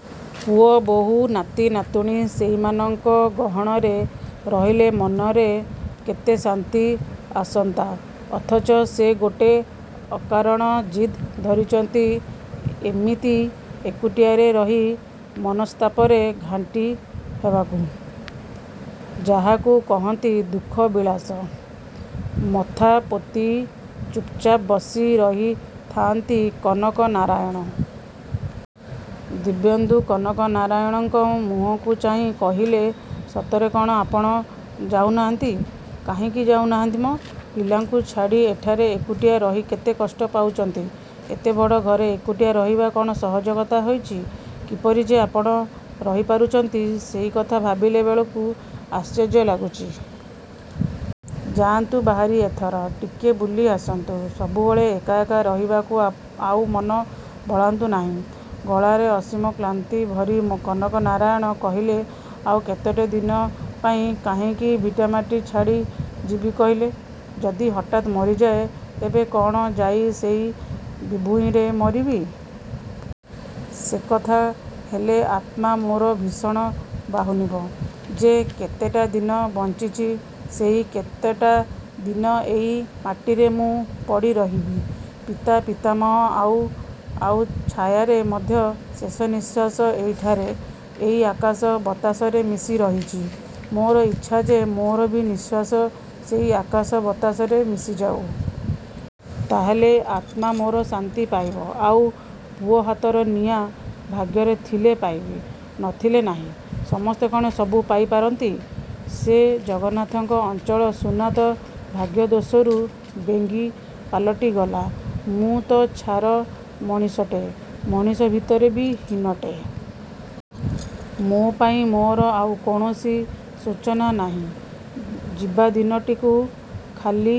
ପୁଅ, ବୋହୂ, ନାତି, ନାତୁଣୀ ସେଇମାନଙ୍କ ଗହଣରେ ରହିଲେ ମନରେ କେତେ ଶାନ୍ତି ଆସନ୍ତା। ଅଥଚ ସେ ଗୋଟେ ଅକାରଣ ଜିଦ୍ ଧରିଛନ୍ତି ଇମିତି ଏକୁଟିଆରେ ରହି ମନସ୍ତାପରେ ଘାଣ୍ଟି ହେବାକୁ। ଯାହାକୁ କହନ୍ତି ଦୁଃଖ ବିଳାସ। ମଥା ପୋତି ଚୁପ୍‌ଚାପ୍ ବସି ରହିଥାଆନ୍ତି କନକ ନାରାୟଣ। ଦିବ୍ୟେନ୍ଦୁ କନକ ନାରାୟଣଙ୍କ ମୁହଁକୁ ଚାହିଁ କହିଲେ ସତରେ କ'ଣ ଆପଣ ଯାଉ ନାହାନ୍ତି। କାହିଁକି ଯାଉ ନାହାନ୍ତି ମ? ପିଲାଙ୍କୁ ଛାଡ଼ି ଏଠାରେ ଏକୁଟିଆ ରହି କେତେ କଷ୍ଟ ପାଉଛନ୍ତି! ଏତେ ବଡ଼ ଘରେ ଏକୁଟିଆ ରହିବା କ'ଣ ସହଜ କଥା ହୋଇଛି। କିପରି ଯେ ଆପଣ ରହି ପାରୁଛନ୍ତି ସେଇକଥା ଭାବିଲା ବେଳେକୁ ଆଶ୍ଚର୍ଯ୍ୟ ଲାଗୁଛି। ଯାଆନ୍ତୁ ବାହାରି ଏଥର, ଟିକିଏ ବୁଲି ଆସନ୍ତୁ। ସବୁବେଳେ ଏକା ଏକା ରହିବାକୁ ଆଉ ମନ ବଳାନ୍ତୁ ନାହିଁ। ଗଳାରେ ଅସୀମ କ୍ଲାନ୍ତି ଭରି କନକ ନାରାୟଣ କହିଲେ ଆଉ କେତୋଟି ଦିନ ପାଇଁ କାହିଁକି ଭିଟାମାଟି ଛାଡ଼ି ଯିବି କହିଲେ। ଯଦି ହଠାତ୍ ମରିଯାଏ ତେବେ କ'ଣ ଯାଇ ସେଇ ବିଭୂଇଁରେ ମରିବି? ସେକଥା ହେଲେ ଆତ୍ମା ମୋର ଭୀଷଣ ବାହୁନିବ। ଯେ କେତେଟା ଦିନ ବଞ୍ଚିଛି ସେଇ କେତେଟା ଦିନ ଏଇ ମାଟିରେ ମୁଁ ପଡ଼ି ରହିବି। ପିତା, ପିତାମହ, ଆଉ, ଆଉ ଛାୟାର ମଧ୍ୟ ଶେଷ ନିଃଶ୍ୱାସ ଏଇଠାରେ, ଏଇ ଆକାଶ ବତାସରେ ମିଶି ରହିଛି। ମୋର ଇଚ୍ଛା ଯେ ମୋର ବି ନିଃଶ୍ୱାସ ସେଇ ଆକାଶ ବତାସରେ ମିଶିଯାଉ। ତାହାହେଲେ, ଆତ୍ମା ମୋର ଶାନ୍ତି ପାଇବ। ଆଉ ପୁଅ ହାତର ନିଆଁ, ଭାଗ୍ୟରେ ଥିଲେ ପାଇବି। ନ ଥିଲେ ନାହିଁ। ସମସ୍ତେ କ'ଣ ସବୁ ପାଇ ପାରନ୍ତି? ସେ ଜଗନ୍ନାଥଙ୍କ ଅଞ୍ଚଳ ସୁନା ତ ଭାଗ୍ୟଦୋଷରୁ ବେଙ୍ଗୀ ପାଲଟିଗଲା। ମୁଁ ତ ଛାର ମଣିଷଟେ। ମଣିଷ ଭିତରେ ବି ହୀନଟେ। ମୋ ପାଇଁ ମୋର ଆଉ କୌଣସି ଶୋଚନା ନାହିଁ। ଯିବାଦିନଟିକୁ ଖାଲି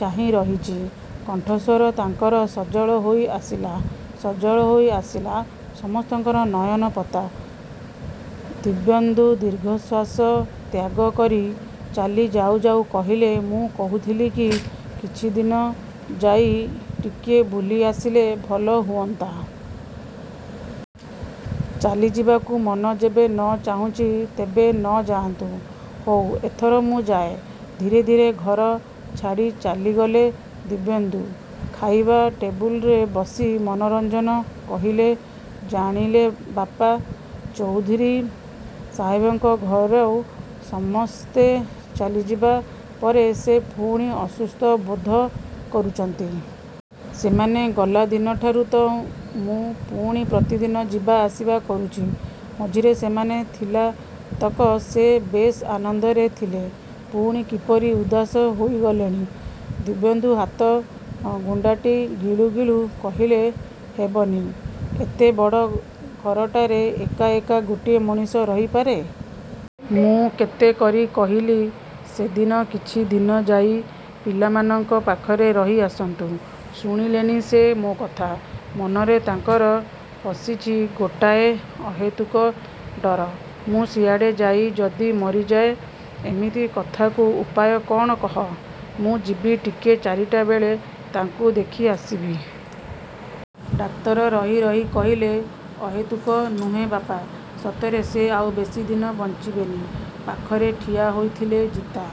ଚାହିଁ ରହିଛି। କଣ୍ଠସ୍ୱର ତାଙ୍କର ସଜଳ ହୋଇ ଆସିଲା। ସଜଳ ହୋଇ ଆସିଲା ସମସ୍ତଙ୍କର ନୟନପତା। ଦିବ୍ୟେନ୍ଦୁ ଦୀର୍ଘଶ୍ୱାସ ତ୍ୟାଗ କରି ଚାଲି ଯାଉ ଯାଉ କହିଲେ ମୁଁ କହୁଥିଲି କି କିଛିଦିନ ଯାଇ ଟିକିଏ ବୁଲି ଆସିଲେ ଭଲ ହୁଅନ୍ତା। ଚାଲି ଯିବାକୁ ମନ ଯେବେ ନ ଚାହୁଁଛି ତେବେ ନ ଯାଆନ୍ତୁ। ହଉ ଏଥର ମୁଁ ଯାଏ। ଧୀରେ ଧୀରେ ଘର ଛାଡ଼ି ଚାଲିଗଲେ ଦିବ୍ୟେନ୍ଦୁ। ଖାଇବା ଟେବୁଲରେ ବସି ମନୋରଞ୍ଜନ କହିଲେ ଜାଣିଲେ ବାପା, ଚୌଧୁରୀ ସାହେବଙ୍କ ଘରୁ ସମସ୍ତେ ଚାଲିଯିବା ପରେ ସେ ପୁଣି ଅସୁସ୍ଥ ବୋଧ କରୁଛନ୍ତି। ସେମାନେ ଗଲା ଦିନଠାରୁ ତ ମୁଁ ପୁଣି ପ୍ରତିଦିନ ଯିବା ଆସିବା କରୁଛି। ମଝିରେ ସେମାନେ ଥିଲା ତକ ସେ ବେଶ୍ ଆନନ୍ଦରେ ଥିଲେ। ପୁଣି କିପରି ଉଦାସ ହୋଇଗଲେଣି। ଦିବ୍ୟେନ୍ଦୁ ଭାତ ଗୁଣ୍ଡାଟି ଗିଳୁ ଗିଳୁ କହିଲେ ହେବେନି? ଏତେ ବଡ଼ ଘରଟାରେ ଏକା ଏକା ଗୋଟେ ମଣିଷ ରହି ପାରେ? ମୁଁ କେତେ କରି କହିଲି ସେଦିନ କିଛି ଦିନ ଯାଇ ପିଲାମାନଙ୍କ ପାଖରେ ରହି ଆସନ୍ତୁ। ଶୁଣିଲେନି ସେ ମୋ କଥା। ମନରେ ତାଙ୍କର ପଶିଛି ଗୋଟାଏ ଅହେତୁକ ଡର। 'ମୁଁ ସିଆଡ଼େ ଯାଇ ଯଦି ମରିଯାଏ'। ଏମିତି କଥାକୁ ଉପାୟ କ'ଣ କହ। ମୁଁ ଯିବି ଟିକେ ଚାରିଟା ବେଳେ ତାଙ୍କୁ ଦେଖି ଆସିବି। ଡାକ୍ତର ରହି ରହି କହିଲେ ଅହେତୁକ ନୁହେଁ ବାପା, ସତରେ ସେ ଆଉ ବେଶୀ ଦିନ ବଞ୍ଚିବେନି। ପାଖରେ ଠିଆ ହୋଇଥିଲେ ଜିତା,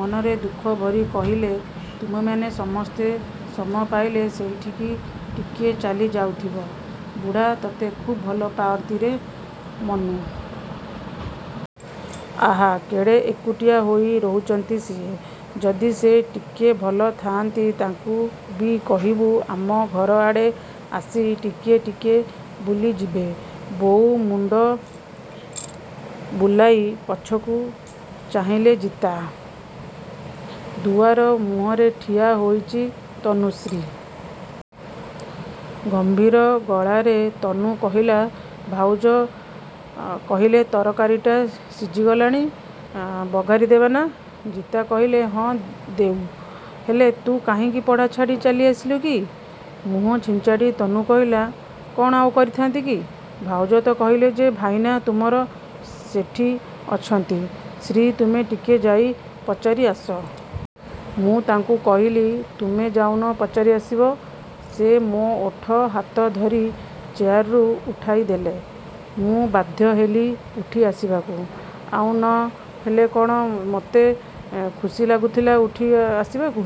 ମନରେ ଦୁଃଖ ଭରି କହିଲେ ତୁମେମାନେ ସମସ୍ତେ ସମୟ ପାଇଲେ ସେଇଠିକି ଟିକିଏ ଚାଲି ଯାଉଥିବ। ବୁଢ଼ା ତତେ ଖୁବ୍ ଭଲ ପାଆନ୍ତିରେ ମନୁ। ଆହା, କେଡ଼େ ଏକୁଟିଆ ହୋଇ ରହୁଛନ୍ତି ସିଏ। ଯଦି ସେ ଟିକିଏ ଭଲ ଥାନ୍ତି ତାଙ୍କୁ ବି କହିବୁ ଆମ ଘର ଆଡ଼େ ଆସି ଟିକିଏ ଟିକିଏ ବୁଲି ଯିବେ। ବୋଉ ମୁଣ୍ଡ ବୁଲାଇ ପଛକୁ ଚାହିଁଲେ ଜିତା। ଦୁଆର ମୁହଁରେ ଠିଆ ହୋଇଛି ତନୁଶ୍ରୀ। ଗମ୍ଭୀର ଗଳାରେ ତନୁ କହିଲା ଭାଉଜ କହିଲେ ତରକାରୀଟା ସିଝିଗଲାଣି, ବଘାରି ଦେବେନା? ଜିତା କହିଲେ ହଁ ଦେଉ। ହେଲେ ତୁ କାହିଁକି ପଢ଼ା ଛାଡ଼ି ଚାଲି ଆସିଲୁ କି? ମୁହଁ ଛିଞ୍ଚାଡ଼ି ତନୁ କହିଲା କ'ଣ ଆଉ କରିଥାନ୍ତି କି? ଭାଉଜ ତ କହିଲେ ଯେ ଭାଇନା ତୁମର ସେଠି ଅଛନ୍ତି, ଶ୍ରୀ ତୁମେ ଟିକେ ଯାଇ ପଚାରି ଆସ। ମୁଁ ତାଙ୍କୁ କହିଲି ତୁମେ ଯାଉନ ପଚାରି ଆସିବ? ସେ ମୋ ଓଠ ହାତ ଧରି ଚେୟାରରୁ ଉଠାଇ ଦେଲେ। ମୁଁ ବାଧ୍ୟ ହେଲି ଉଠି ଆସିବାକୁ। ଆଉ ନ ହେଲେ କ'ଣ ମତେ ଖୁସି ଲାଗୁଥିଲା ଉଠି ଆସିବାକୁ।